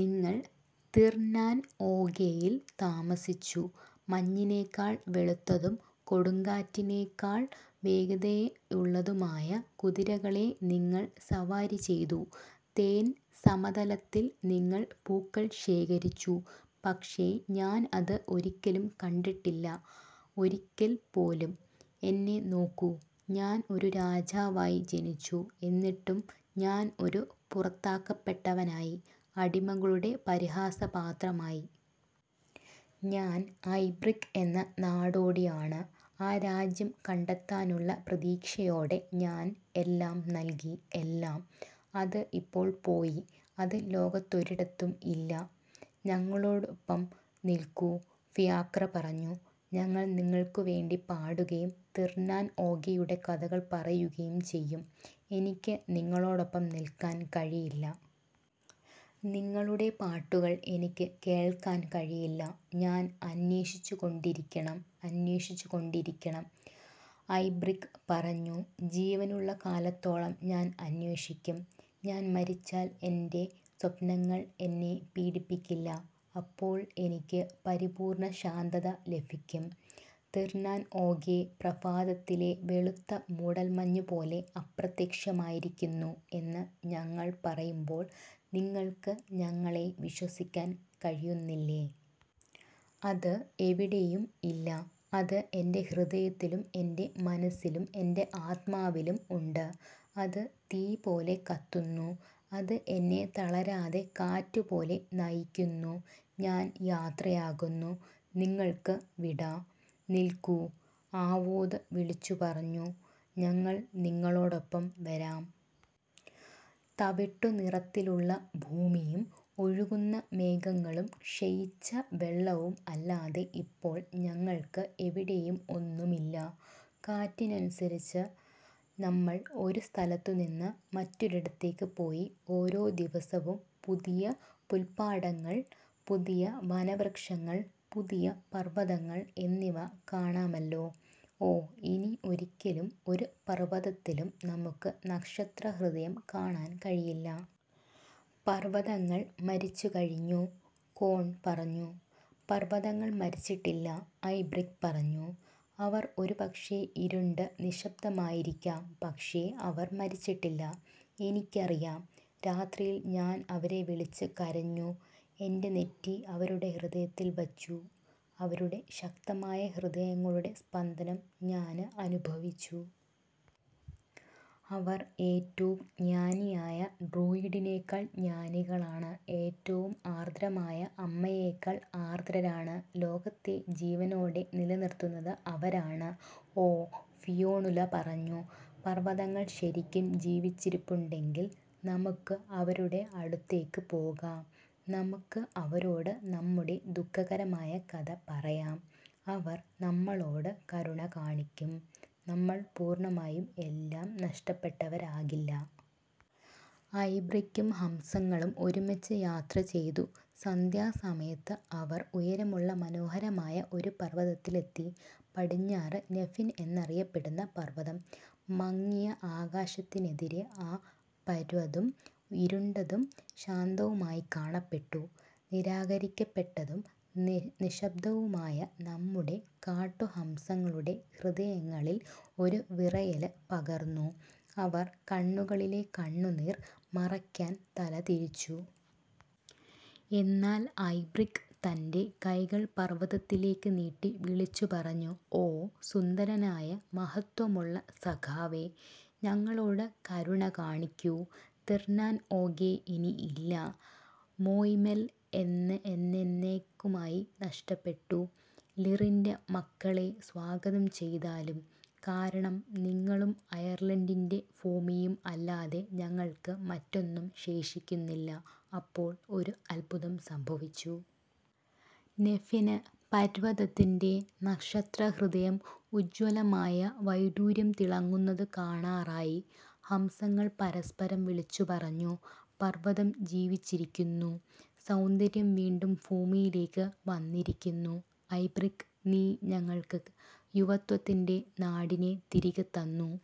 നിങ്ങൾ തിർ-നാൻ-ഓഗെയിൽ താമസിച്ചു; മഞ്ഞിനേക്കാൾ വെളുത്തതും കൊടുങ്കാറ്റിനെക്കാൾ വേഗതയുള്ളതുമായ കുതിരകളെ നിങ്ങൾ സവാരി ചെയ്തു; തേൻ സമതലത്തിൽ നിങ്ങൾ പൂക്കൾ ശേഖരിച്ചു. പക്ഷേ ഞാൻ അത് ഒരിക്കലും കണ്ടിട്ടില്ല ഒരിക്കൽ പോലും! എന്നെ നോക്കൂ! ഞാൻ ഒരു രാജാവായി ജനിച്ചു! എന്നിട്ടും ഞാൻ ഒരു പുറത്താക്കപ്പെട്ടവനായി, അടിമകളുടെ പരിഹാസപാത്രമായി! ഞാൻ ഐബ്രിക് എന്ന നാടോടി ആണ്! ആ രാജ്യം കണ്ടെത്താനുള്ള പ്രതീക്ഷയോടെ ഞാൻ എല്ലാം നൽകി--എല്ലാം. അത് ഇപ്പോൾ പോയി അത് ലോകത്തൊരിടത്തും ഇല്ല! "। "ഞങ്ങളോടൊപ്പം നിൽക്കൂ," ഫിയാക്ര പറഞ്ഞു, "ഞങ്ങൾ നിങ്ങൾക്കുവേണ്ടി പാടുകയും തിർ-നാൻ-ഓഗെയുടെ കഥകൾ പറയുകയും ചെയ്യും. " "എനിക്ക് നിങ്ങളോടൊപ്പം നിൽക്കാൻ കഴിയില്ല! നിങ്ങളുടെ പാട്ടുകൾ എനിക്ക് കേൾക്കാൻ കഴിയില്ല! ഞാൻ അന്വേഷിച്ചുകൊണ്ടിരിക്കണം; അന്വേഷിച്ചുകൊണ്ടിരിക്കണം" ഐബ്രിക് പറഞ്ഞു. "ജീവനുള്ള കാലത്തോളം ഞാൻ അന്വേഷിക്കും. ഞാൻ മരിച്ചാൽ എന്റെ സ്വപ്നങ്ങൾ എന്നെ പീഡിപ്പിക്കില്ല. അപ്പോൾ എനിക്ക് പരിപൂർണ്ണ ശാന്തത ലഭിക്കും. " "തിർ-നാൻ-ഓഗെ പ്രഭാതത്തിലെ വെളുത്ത മൂടൽമഞ്ഞ് പോലെ അപ്രത്യക്ഷമായിരിക്കുന്നു എന്ന് ഞങ്ങൾ പറയുമ്പോൾ നിങ്ങൾക്ക് ഞങ്ങളെ വിശ്വസിക്കാൻ കഴിയുന്നില്ലേ? അത് എവിടെയും ഇല്ല. " "അത് എന്റെ ഹൃദയത്തിലും എന്റെ മനസ്സിലും എന്റെ ആത്മാവിലും ഉണ്ട്! അത് തീ പോലെ കത്തുന്നു! അത് എന്നെ തളരാത്ത കാറ്റ് പോലെ നയിക്കുന്നു! ഞാൻ യാത്രയാകുന്നു. നിങ്ങള്ക്ക് വിട! " "നിൽക്കൂ! " ആവോദ് വിളിച്ചുപറഞ്ഞു, "ഞങ്ങൾ നിങ്ങളോടൊപ്പം വരാം. തവിട്ടുനിറത്തിലുള്ള ഭൂമിയും ഒഴുകുന്ന മേഘങ്ങളും ക്ഷയിച്ച വെള്ളവും അല്ലാതെ ഇപ്പോൾ ഞങ്ങൾക്ക് എവിടേയും ഒന്നുമില്ല. കാറ്റിനനുസരിച്ച് നമ്മൾ ഒരു സ്ഥലത്ത് നിന്ന് മറ്റൊരിടത്തേക്ക് പോയി ഓരോ ദിവസവും പുതിയ പുല്പാടങ്ങൾ, പുതിയ വനവൃക്ഷങ്ങൾ, പുതിയ പർവതങ്ങൾ എന്നിവ കാണാമല്ലോ! ഓ, ഇനി ഒരിക്കലും ഒരു പർവതത്തിലും നമുക്ക് നക്ഷത്രഹൃദയം കാണാൻ കഴിയില്ല! " "പർവതങ്ങൾ മരിച്ചു കഴിഞ്ഞു," കോൺ പറഞ്ഞു. "പർവതങ്ങൾ മരിച്ചിട്ടില്ല," ഐബ്രിക് പറഞ്ഞു. "അവർ ഒരുപക്ഷേ ഇരുണ്ട് നിശബ്ദമായിരിക്കാം, പക്ഷേ അവർ മരിച്ചിട്ടില്ല. എനിക്കറിയാം. രാത്രിയിൽ ഞാൻ അവരെ വിളിച്ച് കരഞ്ഞു, എന്റെ നെറ്റി അവരുടെ ഹൃദയത്തിൽ വച്ചു, അവരുടെ ശക്തമായ ഹൃദയങ്ങളുടെ സ്പന്ദനം ഞാന് അനുഭവിച്ചു. അവർ ഏറ്റവും ജ്ഞാനിയായ ഡ്രൂയിഡിനേക്കാൾ ജ്ഞാനികളാണ്, ഏറ്റവും ആർദ്രമായ അമ്മയേക്കാൾ ആർദ്രരാണ്. ലോകത്തെ ജീവനോടെ നിലനിർത്തുന്നത് അവരാണ്. " "ഓ," ഫിയോണുല പറഞ്ഞു, "പർവതങ്ങൾ ശരിക്കും ജീവിച്ചിരിപ്പുണ്ടെങ്കിൽ നമുക്ക് അവരുടെ അടുത്തേക്ക് പോകാം; നമുക്ക് അവരോട് നമ്മുടെ ദുഃഖകരമായ കഥ പറയാം. അവർ നമ്മളോട് കരുണ കാണിക്കും, നമ്മൾ പൂർണ്ണമായും എല്ലാം നഷ്ടപ്പെട്ടവരാകില്ല. " ഐബ്രിക്കും ഹംസങ്ങളും ഒരുമിച്ച് യാത്ര ചെയ്തു, സന്ധ്യാസമയത്ത് അവർ ഉയരമുള്ള മനോഹരമായ ഒരു പർവതത്തിലെത്തി പടിഞ്ഞാറ് നെഫിൻ എന്നറിയപ്പെടുന്ന പർവതം. മങ്ങിയ ആകാശത്തിനെതിരെ ആ പര്വതും ഇരുണ്ടതും ശാന്തവുമായി കാണപ്പെട്ടു. നിരാകരിക്കപ്പെട്ടതും, നിശബ്ദവുമായ നമ്മുടെ കാട്ടു ഹംസങ്ങളുടെ ഹൃദയങ്ങളിൽ ഒരു വിറയല് പകർന്നു: അവർ കണ്ണുകളിലെ കണ്ണുനീർ മറയ്ക്കാൻ തല തിരിച്ചു. എന്നാൽ ഐബ്രിക് തന്റെ കൈകൾ പർവതത്തിലേക്ക് നീട്ടി വിളിച്ചുപറഞ്ഞു: "ഓ സുന്ദരനായ മഹത്വമുള്ള സഖാവേ, ഞങ്ങളോട് കരുണ കാണിക്കൂ! തിർ-നാൻ-ഓഗെ ഇനിയില്ല, മോയ്-മെൽ എന്നെന്നേക്കുമായി നഷ്ടപ്പെട്ടു! ലിറിന്റെ മക്കളെ സ്വാഗതം ചെയ്താലും, കാരണം നിങ്ങളും അയർലണ്ടിന്റെ ഭൂമിയും അല്ലാതെ ഞങ്ങൾക്ക് മറ്റൊന്നും ശേഷിക്കുന്നില്ല! " അപ്പോൾ ഒരു അത്ഭുതം സംഭവിച്ചു. നെഫിന് പര്വതത്തിന്റെ നക്ഷത്രഹൃദയം ഉജ്വലമായ വൈഡൂര്യം തിളങുന്നത് കാണാറായി! ഹംസങ്ങൾ പരസ്പരം വിളിച്ചുപറഞ്ഞു: "പർവ്വതം ജീവിച്ചിരിക്കുന്നു! സൗന്ദര്യം വീണ്ടും ഭൂമിയിലേക്ക് വന്നിരിക്കുന്നു! ഐബ്രിക്, നീ ഞങ്ങൾക്ക് യുവത്വത്തിന്റെ നാടിനെ തിരികെ തന്നു! "